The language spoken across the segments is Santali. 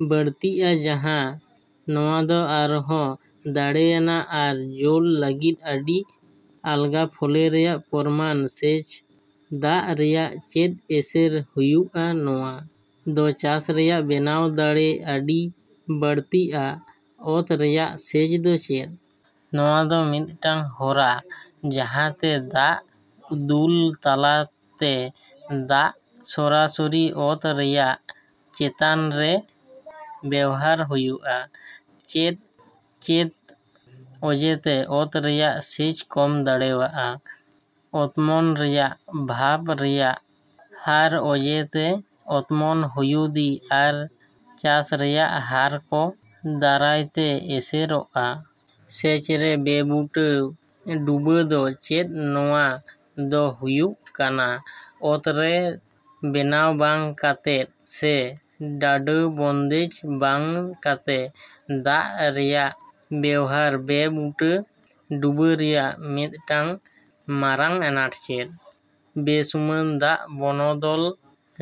ᱵᱟᱹᱲᱛᱤᱜᱼᱟ, ᱡᱟᱦᱟᱸ ᱱᱚᱶᱟ ᱫᱚ ᱟᱨᱦᱚᱸ ᱫᱟᱲᱮᱹᱣᱟᱱᱟᱜ ᱟᱨ ᱡᱳᱞ ᱞᱟᱹᱜᱤᱫ ᱟᱹᱰᱤ ᱟᱞᱜᱟᱜᱼᱟ᱾ ᱯᱷᱚᱞᱮ ᱨᱮᱭᱟᱜ ᱯᱚᱨᱤᱢᱟᱱ ᱥᱮᱪ ᱫᱟᱜ ᱨᱮᱭᱟᱜ ᱪᱮᱫ ᱮᱥᱮᱨ ᱦᱩᱭᱩᱜᱼᱟ? ᱱᱚᱶᱟ ᱫᱚ ᱪᱟᱥ ᱨᱮᱭᱟᱜ ᱵᱮᱱᱟᱣ ᱫᱟᱲᱮ ᱟᱹᱰᱤ ᱵᱟᱹᱲᱛᱤᱜᱼᱟ᱾ ᱚᱛ ᱨᱮᱭᱟᱜ ᱥᱮᱪ ᱫᱚ ᱪᱮᱫ? ᱱᱚᱶᱟ ᱫᱚ ᱢᱤᱫᱴᱟᱝ ᱦᱚᱨᱟ ᱡᱟᱦᱟᱸᱛᱮ ᱫᱟᱜ ᱫᱩᱱᱩᱞ ᱛᱟᱞᱟᱛᱮ ᱫᱟᱜ ᱥᱚᱨᱟᱥᱚᱨᱤ ᱚᱛ ᱨᱮᱭᱟᱜ ᱪᱮᱛᱟᱱ ᱨᱮ ᱵᱮᱣᱦᱟᱨ ᱦᱩᱭᱩᱜᱼᱟ᱾ ᱪᱮᱫ ᱚᱡᱮ ᱛᱮ ᱚᱛ ᱨᱮᱭᱟᱜ ᱥᱮᱪ ᱠᱚᱢ ᱫᱟᱲᱮᱹᱣᱟ? ᱚᱛᱢᱚᱱ ᱨᱮᱭᱟᱜ ᱚᱵᱷᱟᱵᱽ ᱨᱮᱭᱟᱜ ᱦᱟᱨ ᱚᱡᱮᱛᱮ ᱚᱛᱢᱚᱱ, ᱦᱚᱭᱦᱩᱫᱤ ᱟᱨ ᱪᱟᱥ ᱨᱮᱭᱟᱜ ᱦᱚᱨᱟ ᱠᱚ ᱫᱟᱨᱟᱭ ᱛᱮ ᱮᱥᱮᱨᱚᱜᱼᱟ᱾ ᱥᱮᱪ ᱨᱮ ᱵᱮᱼᱵᱩᱴᱟᱹ ᱰᱩᱵᱟᱹ ᱫᱚ ᱪᱮᱫ? ᱱᱚᱶᱟ ᱫᱚ ᱦᱩᱭᱩᱜ ᱠᱟᱱᱟ ᱚᱛ ᱨᱮ ᱵᱮᱱᱟᱣ ᱵᱟᱝ ᱠᱟᱛᱮ ᱥᱮ ᱰᱟᱰᱟ. ᱵᱚᱱᱫᱮᱡ ᱵᱟᱝ ᱠᱟᱛᱮ ᱫᱟᱜ ᱨᱮᱭᱟᱜ ᱵᱮᱣᱦᱟᱨ᱾ ᱵᱮᱼᱵᱩᱴᱟᱹ ᱰᱩᱵᱟᱹ ᱨᱮᱭᱟᱜ ᱢᱤᱫᱴᱟᱝ ᱢᱟᱨᱟᱝ ᱟᱱᱟᱴ ᱪᱮᱫ? ᱵᱮᱼᱥᱩᱢᱟᱹᱱ ᱫᱟᱜ ᱵᱚᱱᱚᱫᱚᱞ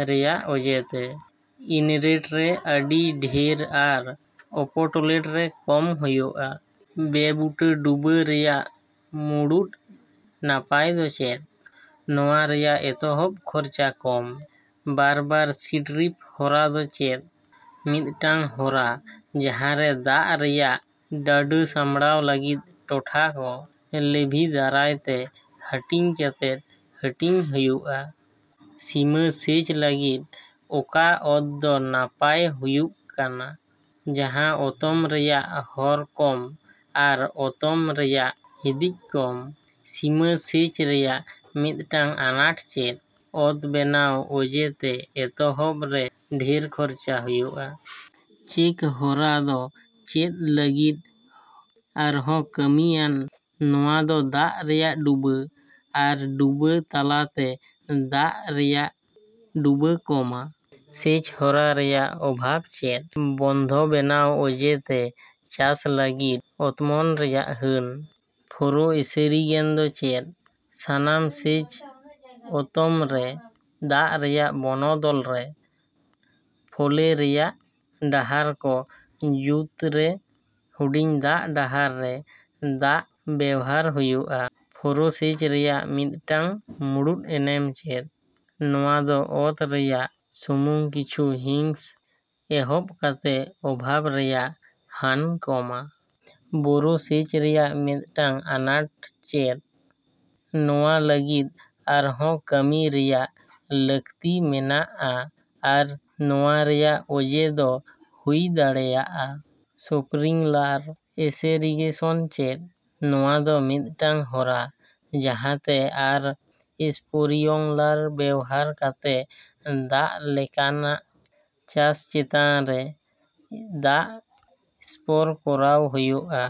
ᱨᱮᱭᱟᱜ ᱚᱡᱮ ᱛᱮ ᱤᱱᱞᱮᱴ ᱨᱮ ᱟᱹᱰᱤ ᱰᱷᱮᱨ ᱟᱨ ᱚᱯᱳᱴᱞᱮᱴ ᱨᱮ ᱠᱚᱢ ᱦᱳᱭᱳᱜᱼᱟ᱾ ᱵᱮᱼᱵᱩᱴᱟᱹ ᱰᱩᱵᱟᱹ ᱨᱮᱭᱟᱜ ᱢᱩᱲᱩᱫ ᱱᱟᱯᱟᱭ ᱫᱚ ᱪᱮᱫ? ᱱᱚᱶᱟ ᱨᱮᱭᱟᱜ ᱮᱛᱚᱦᱚᱵ ᱠᱷᱚᱨᱪᱟ ᱠᱚᱢ᱾ ᱵᱟᱨ ᱵᱟᱨ ᱥᱤᱴᱨᱤᱯ ᱦᱚᱨᱟ ᱫᱚ ᱪᱮᱫ? ᱢᱤᱫᱴᱟᱝ ᱦᱚᱨᱟ ᱡᱟᱦᱟᱸ ᱨᱮ ᱫᱟᱜ ᱨᱮᱭᱟᱜ ᱰᱟᱰᱟ. ᱥᱟᱢᱲᱟᱣ ᱞᱟᱹᱜᱤᱫ ᱴᱚᱴᱷᱟ ᱠᱚ ᱞᱮᱵᱷᱤ ᱫᱟᱨᱟᱭ ᱛᱮ ᱦᱟᱹᱴᱤᱧ ᱠᱟᱛᱮ ᱦᱟᱹᱴᱤᱧ ᱦᱳᱭᱳᱜᱼᱟ᱾ ᱥᱤᱢᱟᱹ ᱥᱮᱪ ᱞᱟᱹᱜᱤᱫ ᱚᱠᱟ ᱚᱛ ᱫᱚ ᱱᱟᱯᱟᱭ ᱦᱩᱭᱩᱜ ᱠᱟᱱᱟ? ᱡᱟᱦᱟᱸ ᱚᱛᱚᱢ ᱨᱮᱭᱟᱜ ᱦᱟᱨ ᱠᱚᱢ ᱟᱨ ᱚᱛᱚᱢ ᱨᱮᱭᱟᱜ ᱦᱤᱫᱤᱡ ᱠᱚᱢ᱾ ᱥᱤᱢᱟᱹ ᱥᱮᱪ ᱨᱮᱭᱟᱜ ᱢᱤᱫᱴᱟᱝ ᱟᱱᱟᱴ ᱪᱮᱫ? ᱚᱛ ᱵᱮᱱᱟᱣ ᱚᱡᱮ ᱛᱮ ᱮᱛᱚᱦᱚᱵ ᱨᱮ ᱰᱷᱮᱨ ᱠᱷᱚᱨᱪᱟ ᱦᱩᱭᱩᱜᱼᱟ᱾ ᱪᱮᱠ ᱦᱚᱨᱟ ᱫᱚ ᱪᱮᱫ ᱞᱟᱹᱜᱤᱫ ᱟᱨᱦᱚᱸ ᱠᱟᱹᱢᱤ ᱟᱱ? ᱱᱚᱶᱟ ᱫᱚ ᱫᱟᱜ ᱨᱮᱭᱟᱜ ᱰᱩᱰᱟ. ᱟᱨ ᱰᱩᱰᱟ. ᱛᱟᱞᱟᱛᱮ ᱫᱟᱜ ᱨᱮᱭᱟᱜ ᱰᱩᱰᱟ. ᱠᱚᱢᱼᱟ᱾ ᱥᱮᱪ ᱦᱚᱨᱟ ᱨᱮᱭᱟᱜ ᱚᱵᱷᱟᱵᱽ ᱪᱮᱫ? ᱵᱚᱱᱫᱷᱚ ᱵᱮᱱᱟᱣ ᱚᱡᱮ ᱛᱮ ᱪᱟᱥ ᱞᱟᱹᱜᱤᱫ ᱚᱛᱢᱚᱱ ᱨᱮᱭᱟᱜ ᱦᱟᱹᱱ᱾ ᱯᱷᱚᱨᱳ ᱮᱥᱮᱨᱤᱜᱮᱱ ᱫᱚ ᱪᱮᱫ? ᱥᱟᱱᱟᱢ ᱪᱟᱥ ᱚᱛᱚᱢ ᱨᱮ ᱫᱟᱜ ᱨᱮᱭᱟᱜ ᱵᱚᱱᱚᱫᱚᱞ ᱨᱮ ᱯᱷᱚᱞᱮ ᱨᱮᱭᱟᱜ ᱰᱟᱦᱟᱨ ᱠᱚ ᱢᱩᱫ ᱨᱮ ᱦᱩᱰᱤᱧ ᱫᱟᱜ ᱰᱟᱦᱟᱨ ᱨᱮ ᱫᱟᱜ ᱵᱮᱣᱦᱟᱨ ᱦᱩᱭᱩᱜᱼᱟ᱾ ᱯᱷᱚᱨᱳ ᱥᱮᱪ ᱨᱮᱭᱟᱜ ᱢᱤᱫᱴᱟᱝ ᱢᱩᱲᱩᱫ ᱮᱱᱮᱢ ᱪᱮᱫ? ᱱᱚᱶᱟ ᱫᱚ ᱚᱛ ᱨᱮᱭᱟᱜ ᱥᱩᱢᱩᱝ ᱠᱤᱪᱷᱩ ᱦᱤᱸᱥ ᱮᱦᱚᱵ ᱠᱟᱛᱮ ᱚᱵᱷᱟᱵᱽ ᱨᱮᱭᱟᱜ ᱦᱟᱹᱱ ᱠᱚᱢᱼᱟ᱾ ᱵᱳᱨᱳ ᱥᱮᱪ ᱨᱮᱭᱟᱜ ᱢᱤᱫᱴᱟᱝ ᱟᱱᱟᱴ ᱪᱮᱫ? ᱱᱚᱶᱟ ᱞᱟᱹᱜᱤᱫ ᱟᱨᱦᱚᱸ ᱠᱟᱹᱢᱤ ᱨᱮᱭᱟᱜ ᱞᱟᱹᱠᱛᱤ ᱢᱮᱱᱟᱜᱼᱟ ᱟᱨ ᱱᱚᱶᱟ ᱨᱮᱭᱟᱜ ᱚᱡᱮ ᱫᱚ ᱦᱩᱭ ᱫᱟᱲᱮᱭᱟᱜᱼᱟ ᱾ ᱥᱯᱨᱤᱝᱞᱟᱨ ᱮᱥᱮᱨᱤᱜᱮᱥᱚᱱ ᱪᱮᱫ? ᱱᱚᱶᱟ ᱫᱚ ᱢᱤᱫᱴᱟᱝ ᱦᱚᱨᱟ ᱡᱟᱦᱟᱸᱛᱮ ᱟᱨ ᱮᱥᱯᱨᱤᱝᱞᱟᱨ ᱵᱮᱣᱦᱟᱨ ᱠᱟᱛᱮ ᱫᱟᱜ ᱞᱮᱠᱟᱱ ᱪᱟᱥ ᱪᱮᱛᱟᱱ ᱨᱮ ᱫᱟᱜ ᱮᱥᱯᱨᱮ ᱠᱚᱨᱟᱣ ᱦᱩᱭᱩᱜᱼᱟ᱾